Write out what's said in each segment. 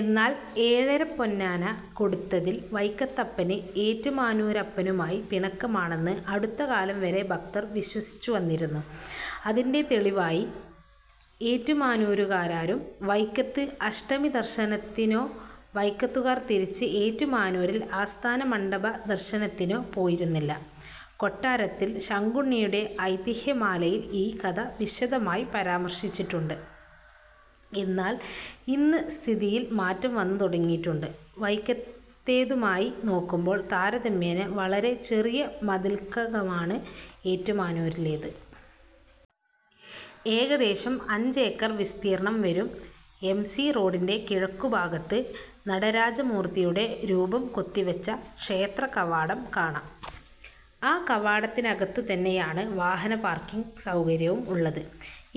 എന്നാൽ, ഏഴരപ്പൊന്നാന കൊടുത്തതിൽ വൈക്കത്തപ്പന് ഏറ്റുമാനൂരപ്പനുമായി പിണക്കമാണെന്ന് അടുത്തകാലം വരെ ഭക്തർ വിശ്വസിച്ചുവന്നിരുന്നു. അതിന്റെ തെളിവായി ഏറ്റുമാനൂരുകാരാരും വൈക്കത്ത് അഷ്ടമിദർശനത്തിനോ വൈക്കത്തുകാർ തിരിച്ച് ഏറ്റുമാനൂരിൽ ആസ്ഥാനമണ്ഡപദർശനത്തിനോ പോയിരുന്നില്ല. കൊട്ടാരത്തിൽ ശങ്കുണ്ണിയുടെ ഐതിഹ്യമാലയിൽ ഈ കഥ വിശദമായി പരാമർശിച്ചിട്ടുണ്ട്. എന്നാൽ, ഇന്ന് സ്ഥിതിയിൽ മാറ്റം വന്നുതുടങ്ങിയിട്ടുണ്ട്. വൈക്കത്തേതുമായി നോക്കുമ്പോൾ താരതമ്യേന വളരെ ചെറിയ മതിൽക്കകമാണ് ഏറ്റുമാനൂരിലേത്. ഏകദേശം അഞ്ചേക്കർ വിസ്തീർണ്ണം വരും. എം. സി. റോഡിന്റെ കിഴക്കുഭാഗത്ത് നടരാജമൂർത്തിയുടെ രൂപം കൊത്തിവച്ച ക്ഷേത്രകവാടം കാണാം. ആ കവാടത്തിനകത്തുതന്നെയാണ് വാഹനപാർക്കിംഗ് സൗകര്യവും ഉള്ളത്.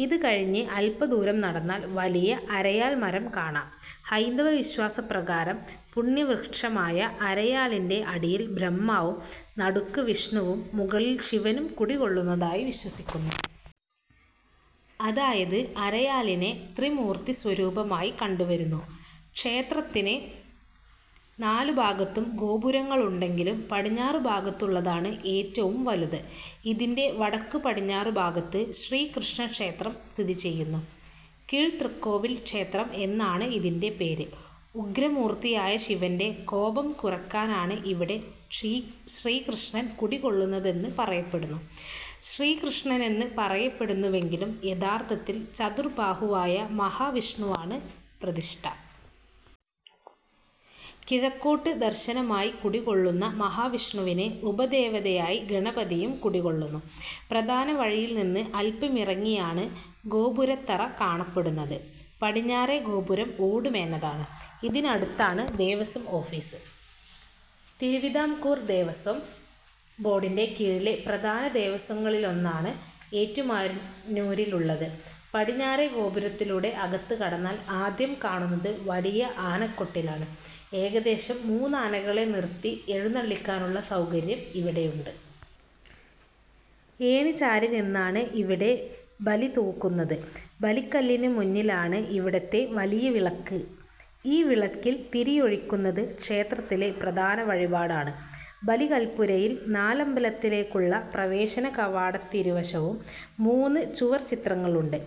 ഇതും കഴിഞ്ഞ് അല്പദൂരം നടന്നാൽ വലിയ അരയാൽമരം കാണാം. ഹൈന്ദവവിശ്വാസപ്രകാരം പുണ്യവൃക്ഷമായ അരയാലിന്റെ അടിയിൽബ്രഹ്മാവും നടുക്ക് വിഷ്ണുവും മുകളിൽ ശിവനും കുടികൊള്ളുന്നതായി വിശ്വസിക്കുന്നു. അതായത്, അരയാലിനെ ത്രിമൂർത്തീസ്വരൂപമായി കണ്ടുവരുന്നു. ക്ഷേത്രത്തിന് നാലുഭാഗത്തും ഗോപുരങ്ങളുണ്ടെങ്കിലും പടിഞ്ഞാറുഭാഗത്തുള്ളതാണ് ഏറ്റവും വലുതു്. ഇതിന്റെ വടക്കുപടിഞ്ഞാറുഭാഗത്ത് ശ്രീകൃഷ്ണക്ഷേത്രം സ്ഥിതിചെയ്യുന്നു. 'കീഴ്തൃക്കോവിൽ ക്ഷേത്രം' എന്നാണ് ഇതിന്റെ പേര്. ഉഗ്രമൂർത്തിയായ ശിവന്റെ കോപം കുറയ്ക്കാനാണ് ഇവിടെ ശ്രീകൃഷ്ണൻ കുടികൊള്ളുന്നതെന്ന് പറയപ്പെടുന്നു. ശ്രീകൃഷ്ണനെന്ന് പറയപ്പെടുന്നുവെങ്കിലും യഥാർത്ഥത്തിൽ ചതുർബാഹുവായ മഹാവിഷ്ണുവാണ് പ്രതിഷ്ഠ. കിഴക്കോട്ട് ദർശനമായി കുടികൊള്ളുന്ന മഹാവിഷ്ണുവിന് ഉപദേവതയായി ഗണപതിയും കുടികൊള്ളുന്നു. പ്രധാനവഴിയിൽ നിന്ന് അല്പമിറങ്ങിയാണ് ഗോപുരത്തറ കാണപ്പെടുന്നത്. പടിഞ്ഞാറേ ഗോപുരം ഓടുമേഞ്ഞതാണ്. ഇതിനടുത്താണ് ദേവസ്വം ഓഫീസ്. തിരുവിതാംകൂർ ദേവസ്വം ബോർഡിന്റെ കീഴിലെ പ്രധാന ദേവസ്വങ്ങളിലൊന്നാണ് ഏറ്റുമാനൂരിലുള്ളത്. പടിഞ്ഞാറേ ഗോപുരത്തിലൂടെ അകത്തുകടന്നാൽ ആദ്യം കാണുന്നത് വലിയ ആനക്കൊട്ടിലാണ്. ഏകദേശം മൂന്നാനകളെ നിർത്തി എഴുന്നള്ളിയ്ക്കാനുള്ള സൗകര്യം ഇവിടെയുണ്ട്. ഏണിചാരിനിന്നാണ് ഇവിടെ ബലിതൂകുന്നത്. ബലിക്കല്ലിനുമുന്നിലാണ് ഇവിടത്തെ 'വലിയ വിളക്ക്'. ഈ വിളക്കിൽ തിരിയൊഴിയ്ക്കുന്നത് ക്ഷേത്രത്തിലെ പ്രധാന വഴിപാടാണ്. ബലിക്കൽപ്പുരയിൽ നാലമ്പലത്തിലേയ്ക്കുള്ള പ്രവേശനകവാടത്തിരുവശവും മൂന്ന് ചുവർച്ചിത്രങ്ങളുണ്ട്.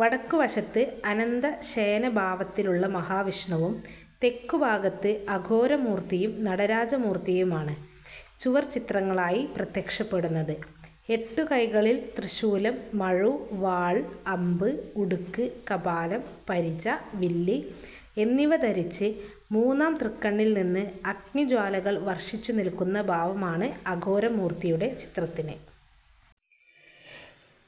വടക്കുവശത്ത് അനന്തശയനഭാവത്തിലുള്ള മഹാവിഷ്ണുവും തെക്കുഭാഗത്ത് അഘോരമൂർത്തിയും നടരാജമൂർത്തിയുമാണ് ചുവർച്ചിത്രങ്ങളായി പ്രത്യക്ഷപ്പെടുന്നത്. എട്ടുകൈകളിൽ ത്രിശൂലം, മഴു, വാൾ, അമ്പ്, ഉടുക്ക്, കപാലം, പരിച, വില്ല് എന്നിവ ധരിച്ച് മൂന്നാം തൃക്കണ്ണിൽ നിന്ന് അഗ്നിജ്വാലകൾ വർഷിച്ചുനിൽക്കുന്ന ഭാവമാണ് അഘോരമൂർത്തിയുടെ ചിത്രത്തിന്.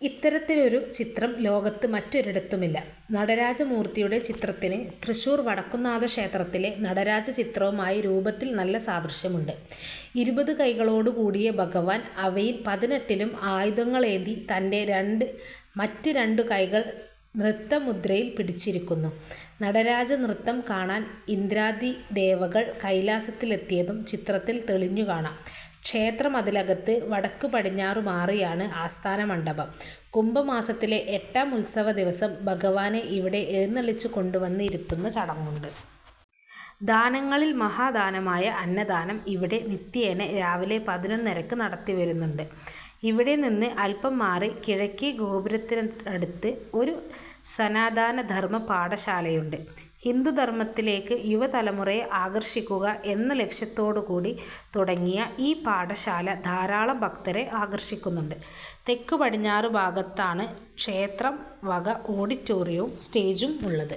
ഇത്തരത്തിലൊരു ചിത്രം ലോകത്ത് മറ്റൊരിടത്തുമില്ല. നടരാജമൂർത്തിയുടെ ചിത്രത്തിന് തൃശ്ശൂർ വടക്കുന്നാഥക്ഷേത്രത്തിലെ നടരാജചിത്രവുമായി രൂപത്തിൽ നല്ല സാദൃശ്യമുണ്ട്. ഇരുപതുകൈകളോടുകൂടിയ ഭഗവാൻ അവയിൽ പതിനെട്ടിലും ആയുധങ്ങളേന്തി തന്റെ മറ്റ് രണ്ടുകൈകൾ നൃത്തമുദ്രയിൽ പിടിച്ചിരിയ്ക്കുന്നു. നടരാജനൃത്തം കാണാൻ ഇന്ദ്രാദിദേവകൾ കൈലാസത്തിലെത്തിയതും ചിത്രത്തിൽ തെളിഞ്ഞുകാണാം. ക്ഷേത്രമതിലകത്ത് വടക്കുപടിഞ്ഞാറുമാറിയാണ് 'ആസ്ഥാനമണ്ഡപം'. കുംഭമാസത്തിലെ എട്ടാം ഉത്സവദിവസം ഭഗവാനെ ഇവിടെ എഴുന്നള്ളിച്ചുകൊണ്ടുവന്ന് ഇരുത്തുന്ന ചടങ്ങുണ്ട്. ദാനങ്ങളിൽ മഹാദാനമായ അന്നദാനം ഇവിടെ നിത്യേന രാവിലെ പതിനൊന്നരയ്ക്ക് നടത്തിവരുന്നുണ്ട്. ഇവിടെ നിന്ന് അല്പം മാറി കിഴക്കേ ഗോപുരത്തിനടുത്ത് ഒരു സനാതനധർമ്മ പാഠശാലയുണ്ട്. ഹിന്ദുധർമ്മത്തിലേയ്ക്ക് യുവതലമുറയെ ആകർഷിയ്ക്കുക എന്ന ലക്ഷ്യത്തോടുകൂടി തുടങ്ങിയ ഈ പാഠശാല ധാരാളം ഭക്തരെ ആകർഷിയ്ക്കുന്നുണ്ട്. തെക്കുപടിഞ്ഞാറുഭാഗത്താണ് ക്ഷേത്രം വക ഓഡിറ്റോറിയവും സ്റ്റേജുമുള്ളത്.